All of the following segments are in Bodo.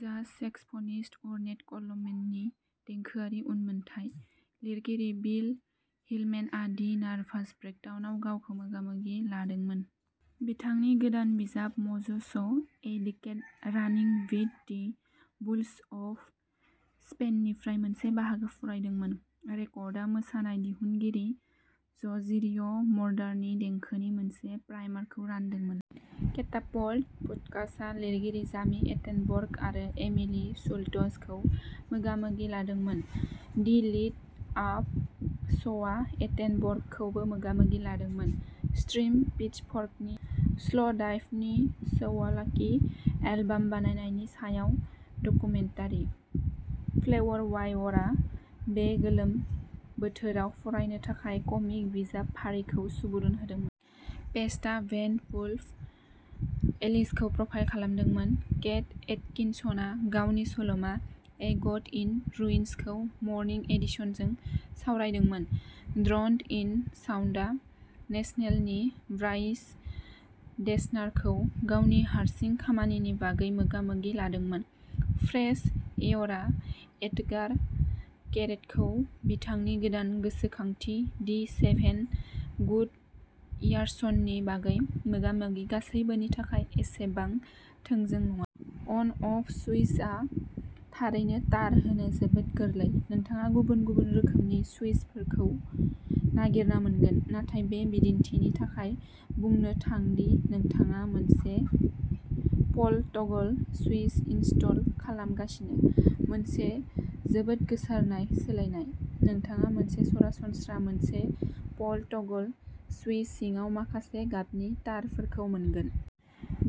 जाज सेक्सफ'निस्ट अर्नेट क'लमेननि देंखोआरि उनमोनथाइ। लिरगिरि बिल हिलमेनआ दि नार्भास ब्रेकडाउनआव गावखौ मोगा-मोगि लादोंमोन। बिथांनि गोदान बिजाब, mozos a decade running with the bulls of स्पेननिफ्राय मोनसे बाहागो फरायदोंमोन। रेकर्डआ मोसानाय दिहुनगिरि ज'र्जिरिय'मरडारनि देंखोनि मोनसे प्राइमारखौ रानदोंमोन। कैटापल्ट पडकास्टआ लिरगिरि जामि एटेनबर्ग आरो एमिलि शुल्ट्जखौ मोगा-मोगि लादोंमोन। दि लिट आप श'आ एटेनबर्गखौबो मोगा-मोगि लादोंमोन। स्ट्रिम पिचफर्कनि स्ल'डाइभनि सौवलाकी एलबाम बानायनायनि सायाव डकुमेन्टारि। फ्लेवरवायरआ बे गोलोम बोथोराव फरायनो थाखाय कमिक बिजाब फारिखौ सुबुरुन होदोंमोन। पेस्टआ बेन्ड वुल्फ एलिसखौ प्रफाइल खालामदोंमोन। केट एटकिनसनआ गावनि सल'मा ए गड इन रुइन्सखौ मर्निं एडिशनजों सावरायदोंमोन। ड्र'न्ड इन साउन्डआ नेसनेलनि ब्राइस डेसनारखौ गावनि हारसिं खामानिनि बागै मोगा-मोगि लादोंमोन। फ्रेश एयरआ एट्गार केरेटखौ बिथांनि गोदान गोसोखांथि दि सेभेन गुड इयार्सनि बागै मोगा-मोगि गासैबोनि थाखाय एसेबां थोंजों नङा। अन-अफ सुइचआ थारैनो तार होनो जोबोद गोरलै। नोंथाङा गुबुन-गुबुन रोखोमनि सुइचफोरखौ नागिरना मोनगोन, नाथाय बे बिदिन्थिनि थाखाय बुंनो थां दि नोंथाङा मोनसे पल टगल सुइच इनस्टल खालामगासिनो, मोनसे जोबोद गोसारनाय सोलायनाय। नोंथाङा मोनसे सरासनस्रा मोनसे पल टगल सुइच सिङाव माखासे गाबनि तारफोरखौ मोनगोन।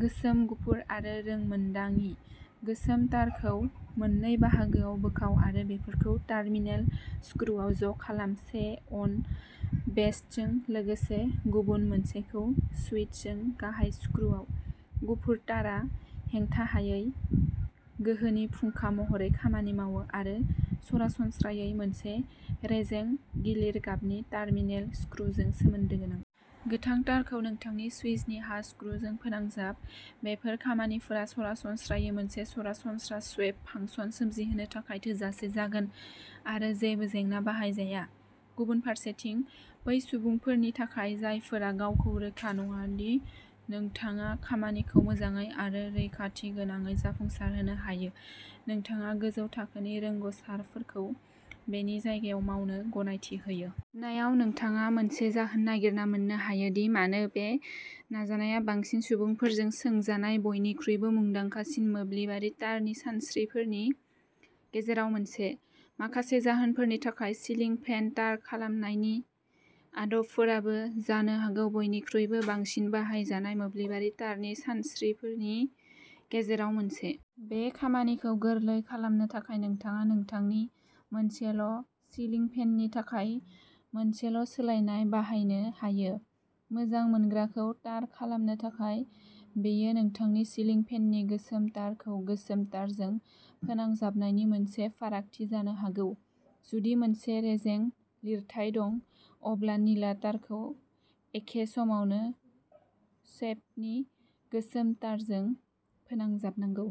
गोसोम, गुफुर, आरो रोंमोन्दांङि। गोसोम तारखौ मोननै बाहागोआव बोखाव आरो बेफोरखौ टार्मिनेल स्क्रुआव ज'खालाम-से अन बेस्टजों लोगोसे गुबुन मोनसेखौ स्विचजों गाहाय स्क्रुआव। गुफुर तारआ हेंथाहायै गोहोनि फुंखा महरै खामानि मावो आरो सरासनस्रायै मोनसे रेजें-गिलिर गाबनि टार्मिनेल स्क्रुजों सोमोन्दो गोनां। गोथां तारखौ नोंथांनि सुइचनि हा स्क्रुजों फोनांजाब। बेफोर खामानिफोरा सरासनस्रायै मोनसे सरासनस्रा स्वैप फांसन सोमजिहोनो थाखाय थोजासे जागोन आरो जेबो जेंना बाहायजाया। गुबुन फारसेथिं, बै सुबुंफोरनि थाखाय जायफोरा गावखौ रोखा नङा दि नोंथाङा खामानिखौ मोजाङै आरो रैखाथिगोनाङै जाफुंसारहोनो हायो, नोंथाङा गोजौ थाखोनि रोंग'सारफोरखौ बेनि जायगायाव मावनो गनायथि होयो। नायाव, नोंथाङा मोनसे जाहोन नागिरना मोन्नो हायो दि मानो बे नाजानाया बांसिन सुबुंफोरजों सोंजानाय बयनिख्रुइबो मुंदांखासिन मोब्लिबारि तारनि सानस्रिफोरनि गेजेराव मोनसे। माखासे जाहोनफोरनि थाखाय, सिलिं फेन तार खालामनायनि आदबफोराबो जानो हागौ बयनिख्रुइबो बांसिन बाहायजानाय मोब्लिबारि तारनि सानस्रिफोरनि गेजेराव मोनसे। बे खामानिखौ गोरलै खालामनो थाखाय, नोंथाङा नोंथांनि मोनसेल'सिलिं फेननि थाखाय मोनसेल'सोलायनाय बाहायनो हायो। मोजां मोनग्राखौ तार खालामनो थाखाय, बेयो नोंथांनि सिलिं फेननि गोसोम तारखौ गोसोम तारजों फोनांजाबनायनि मोनसे फारागथि जानो हागौ। जुदि मोनसे रेजें-लिरथाय दं, अब्ला निला तारखौ एखे समावनो स्वैपनि गोसोम तारजों फोनांजाबनांगौ।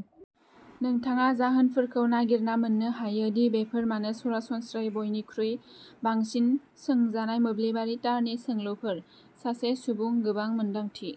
नोंथाङा जाहोनफोरखौ नागिरना मोन्नो हायो दि बेफोर मानो सरासनस्रायै बयनिख्रुइ बांसिन सोंजानाय मोब्लिबारि तारनि सोंलुफोर। सासे सुबुं, गोबां मोन्दांथि।